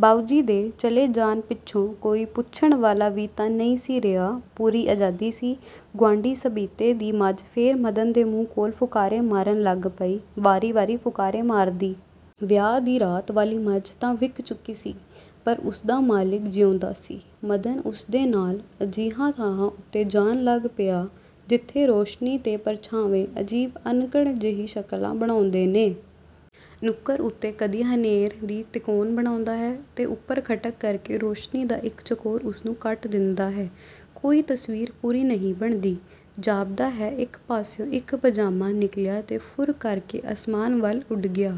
ਬਾਊਜੀ ਦੇ ਚਲੇ ਜਾਣ ਪਿੱਛੋਂ ਕੋਈ ਪੁੱਛਣ ਵਾਲਾ ਵੀ ਤਾਂ ਨਹੀਂ ਸੀ ਰਿਹਾ। ਪੂਰੀ ਆਜ਼ਾਦੀ ਸੀ। ਗੁਆਂਢੀ ਸਬੀਤੇ ਦੀ ਮੱਝ ਫੇਰ ਮਦਨ ਦੇ ਮੂੰਹ ਕੋਲ ਫੁਕਾਰੇ ਮਾਰਨ ਲੱਗ ਪਈ; ਵਾਰੀ ਵਾਰੀ ਫੁਕਾਰੇ ਮਾਰਦੀ। ਵਿਆਹ ਦੀ ਰਾਤ ਵਾਲੀ ਮੱਝ ਤਾਂ ਵਿਕ ਚੁੱਕੀ ਸੀ, ਪਰ ਉਸਦਾ ਮਾਲਿਕ ਜਿਉਂਦਾ ਸੀ। ਮਦਨ ਉਸ ਦੇ ਨਾਲ ਅਜਿਹੀਆਂ ਥਾਵਾਂ ਉੱਤੇ ਜਾਣ ਲੱਗ ਪਿਆ, ਜਿੱਥੇ ਰੌਸ਼ਨੀ ਤੇ ਪ੍ਰਛਾਵੇਂ ਅਜੀਬ ਅਣਘੜ ਜਿਹੀ ਸ਼ਕਲਾਂ ਬਣਾਉਦੇ ਨੇ। ਨੁੱਕਰ ਉੱਤੇ ਕਦੀ ਹਨੇਰ ਦੀ ਤਿਕੋਨ ਬਣਾੳਦਾਂ ਹੈ ਤੇ ਉਪਰ ਖਟਕ ਕਰਕੇ ਰੌਸ਼ਨੀ ਦਾ ਇਕ ਚਕੋਰ ਉਸਨੂੰ ਕੱਟ ਦਿੰਦਾ ਹੈ। ਕੋਈ ਤਸਵੀਰ ਪੂਰੀ ਨਹੀਂ ਬਣਦੀ। ਜਾਪਦਾ ਹੈ, ਇਕ ਪਾਸਿਓਂ ਇਕ ਪਾਜਾਮਾ ਨਿਕਲਿਆ ਤੇ ਫੁਰਰ ਕਰਕੇ ਆਸਮਾਨ ਵੱਲ ਉੱਡ ਗਿਆ।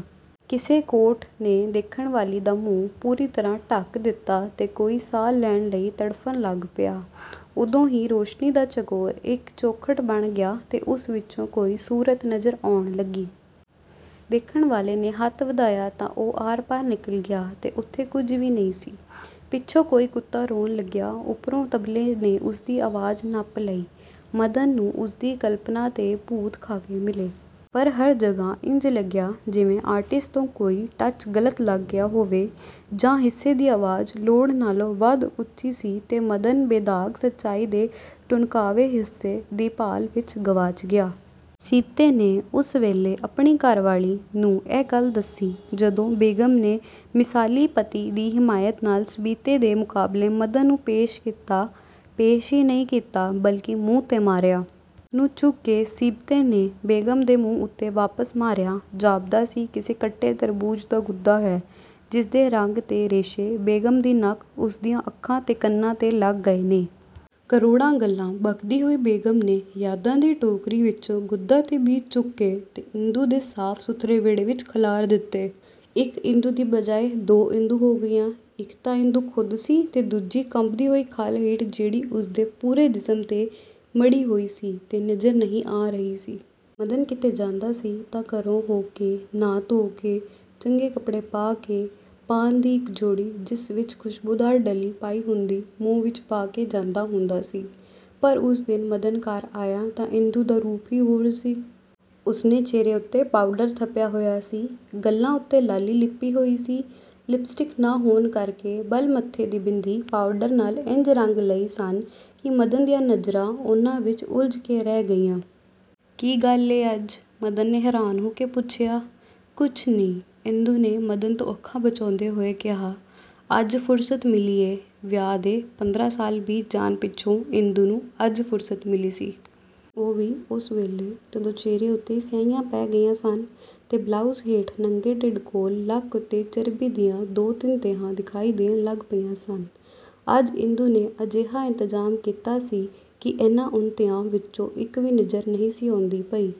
ਕਿਸੇ ਕੋਟ ਨੇ ਦੇਖਣ ਵਾਲੀ ਦਾ ਮੂੰਹ ਪੂਰੀ ਤਰ੍ਹਾਂ ਢਕ ਦਿਤਾ ਤੇ ਕੋਈ ਸਾਹ ਲੈਣ ਲਈ ਤੜਫਨ ਲੱਗ ਪਿਆ। ਉਦੋਂ ਹੀ ਰੌਸ਼ਨੀ ਦਾ ਚਕੋਰ ਇਕ ਚੌਖ਼ਟ ਬਣ ਗਿਆ ਤੇ ਉਸ ਵਿਚੋਂ ਕੋਈ ਸੂਰਤ ਨਜ਼ਰ ਆਉਣ ਲੱਗੀ। ਦੇਖਣ ਵਾਲੇ ਨੇ ਹੱਥ ਵਧਾਇਆ ਤਾਂ ਉਹ ਆਰਪਾਰ ਨਿਕਲ ਗਿਆ ਤੇ ਉੱਥੇ ਕੁਝ ਵੀ ਨਹੀਂ ਸੀ। ਪਿੱਛੋ ਕੋਈ ਕੁੱਤਾ ਰੋਣ ਲੱਗਿਆ, ਉਪਰੋਂ ਤਬਲੇ ਨੇ ਉਸਦੀ ਆਵਾਜ਼ ਨੱਪ ਲਈ। ਮਦਨ ਨੂੰ ਉਸਦੀ ਕਲਪਣਾ ਦੇ ਭੂਤ–ਖ਼ਾਕੇ ਮਿਲੇ। ਪਰ ਹਰ ਜਗ੍ਹਾ ਇੰਜ ਲੱਗਿਆ ਜਿਵੇਂ ਆਰਟਿਸਟ ਤੋਂ ਕੋਈ ਟੱਚ ਗਲਤ ਲੱਗ ਗਿਆ ਹੋਵੇ। ਜਾਂ ਹਿੱਸੇ ਦੀ ਆਵਾਜ਼ ਲੋੜ ਨਾਲੋਂ ਵੱਧ ਉੱਚੀ ਸੀ ਤੇ ਮਦਨ ਬੇਦਾਗ ਸੱਚਾਈ ਦੇ ਟੁਣਕਾਵੇਂ ਹਾਸੇ ਦੀ ਭਾਲ ਵਿਚ ਗਵਾਚ ਗਿਆ। ਸਿਬਤੇ ਨੇ ਉਸ ਵੇਲੇ ਆਪਣੀ ਘਰਵਾਲੀ ਨੂੰ ਇਹ ਗੱਲ ਦੱਸੀ, ਜਦੋਂ ਬੇਗ਼ਮ ਨੇ ਮਿਸਾਲੀ ਪਤੀ ਦੀ ਹਿਮਾਇਤ ਨਾਲ ਸਿਬਤੇ ਦੇ ਮੁਕਾਬਲੇ ਮਦਨ ਨੂੰ ਪੇਸ਼ ਕੀਤਾ; ਪੇਸ਼ ਹੀ ਨਹੀਂ ਕੀਤਾ ਬਲਿਕੇ ਮੂੰਹ 'ਤੇ ਮਾਰਿਆ। ਉਸਨੂੰ ਚੁੱਕ ਕੇ ਸਿਬਤੇ ਨੇ ਬੇਗ਼ਮ ਦੇ ਮੂੰਹ ਉੱਤੇ ਵਾਪਸ ਮਾਰਿਆ। ਜਾਪਦਾ ਸੀ ਕਿਸੇ ਕੱਟੇ ਤਰਬੂਜ਼ ਦਾ ਗੁਦਾ ਹੈ ਜਿਸਦੇ ਰੰਗ ਤੇ ਰੇਸ਼ੇ ਬੇਗ਼ਮ ਦੀ ਨੱਕ, ਉਸਦੀਆਂ ਅੱਖਾਂ ਤੇ ਕੰਨਾਂ 'ਤੇ ਲੱਗ ਗਏ ਨੇ। ਕਰੋੜਾਂ ਗਲ੍ਹਾਂ ਬਕਦੀ ਹੋਈ ਬੇਗ਼ਮ ਨੇ ਯਾਦਾਂ ਦੀ ਟੋਕਰੀ ਵਿਚੋਂ ਗੁੱਦਾ ਤੇ ਬੀਜ ਚੁੱਕੇ ਤੇ ਇੰਦੂ ਦੇ ਸਾਫ–ਸੁਥਰੇ ਵਿਹੜੇ ਵਿਚ ਖਿਲਾਰ ਦਿਤੇ। ਇਕ ਇੰਦੂ ਦੀ ਬਜਾਏ ਦੋ ਇੰਦੂ ਹੋ ਗਈਆਂ, ਇਕ ਤਾਂ ਇੰਦੂ ਖ਼ੁਦ ਸੀ ਤੇ ਦੂਜੀ ਕੰਬਦੀ ਹੋਈ ਖੱਲ ਹੇਠ ਜਿਹੜੀ ਉਸਦੇ ਪੂਰੇ ਜਿਸਮ 'ਤੇ ਮੜ੍ਹੀ ਹੋਈ ਸੀ ਤੇ ਨਜ਼ਰ ਨਹੀਂ ਆ ਰਹੀ ਸੀ। ਮਦਨ ਕਿਤੇ ਜਾਂਦਾ ਸੀ ਤਾਂ ਘਰੇ ਹੋ–ਕੇ, ਨਹਾ ਧੋ–ਕੇ, ਚੰਗੇ ਕਪੜੇ ਪਾ–ਕੇ, ਪਾਨ ਦੀ ਇਕ ਜੋੜੀ ਜਿਸ ਵਿਚ ਖੁਸ਼ਬੂਦਾਰ ਡਲੀ ਪਾਈ ਹੁੰਦੀ, ਮੂੰਹ ਵਿਚ ਪਾ–ਕੇ ਜਾਂਦਾ ਹੁੰਦਾ ਸੀ। ਪਰ ਉਸ ਦਿਨ ਮਦਨ ਘਰ ਆਇਆ ਤਾਂ ਇੰਦੂ ਦਾ ਰੂਪ ਹੀ ਹੋਰ ਸੀ। ਉਸਨੇ ਚਿਹਰੇ ਉੱਤੇ ਪਾਊਡਰ ਥੱਪਿਆ ਹੋਇਆ ਸੀ। ਗੱਲ੍ਹਾਂ ਉੱਤੇ ਲਾਲੀ ਲਿੱਪੀ ਹੋਈ ਸੀ। ਲਿਪਸਟਿਕ ਨਾ ਹੋਣ ਕਰਕੇ ਬੱਲ੍ਹ ਮੱਥੇ ਦੀ ਬਿੰਦੀ–ਪਾਊਡਰ ਨਾਲ ਇੰਜ ਰੰਗ ਲਏ ਸਨ ਕਿ ਮਦਨ ਦੀਆਂ ਨਜ਼ਰਾਂ ਉਹਨਾਂ ਵਿਚ ਉਲਝ ਕੇ ਰਹਿ ਗਈਆਂ। "ਕੀ ਗੱਲ ਏ ਅੱਜ? " ਮਦਨ ਨੇ ਹੈਰਾਨ ਹੋ ਕੇ ਪੁੱਛਿਆ। "ਕੁਛ ਨੀਂ," ਇੰਦੂ ਨੇ ਮਦਨ ਤੋਂ ਅੱਖਾਂ ਬਚਾਉਂਦਿਆਂ ਹੋਇਆਂ ਕਿਹਾ-"ਅੱਜ ਫ਼ੁਰਸਤ ਮਿਲੀ ਐ" ਵਿਆਹ ਦੇ ਪੰਦਰਾਂ ਸਾਲ ਬੀਤ ਜਾਣ ਪਿੱਛੋਂ ਇੰਦੂ ਨੂੰ ਅੱਜ ਫ਼ੁਰਸਤ ਮਿਲੀ ਸੀ। ਉਹ ਵੀ ਉਸ ਵੇਲੇ ਜਦੋਂ ਚਿਹਰੇ ਉੱਤੇ ਸਿਆਹੀਆਂ ਪੈ ਗਈਆਂ ਸਨ ਤੇ ਬਲਾਊਜ਼ ਹੇਠ ਨੰਗੇ ਢਿੱਡ ਕੋਲ ਲੱਕ ਉੱਤੇ ਚਰਬੀ ਦੀਆਂ ਦੋ ਤਿੰਨ ਤੈਹਾਂ ਦਿਖਾਈ ਦੇਣ ਲੱਗ ਪਈਆਂ ਸਨ। ਅੱਜ ਇੰਦੂ ਨੇ ਅਜਿਹਾ ਇੰਤਜ਼ਾਮ ਕੀਤਾ ਸੀ ਕਿ ਇਹਨਾਂ ਉਣਤਿਆਂ ਵਿਚੋਂ ਇਕ ਵੀ ਨਜ਼ਰ ਨਹੀਂ ਸੀ ਆਉਂਦੀ ਪਈ।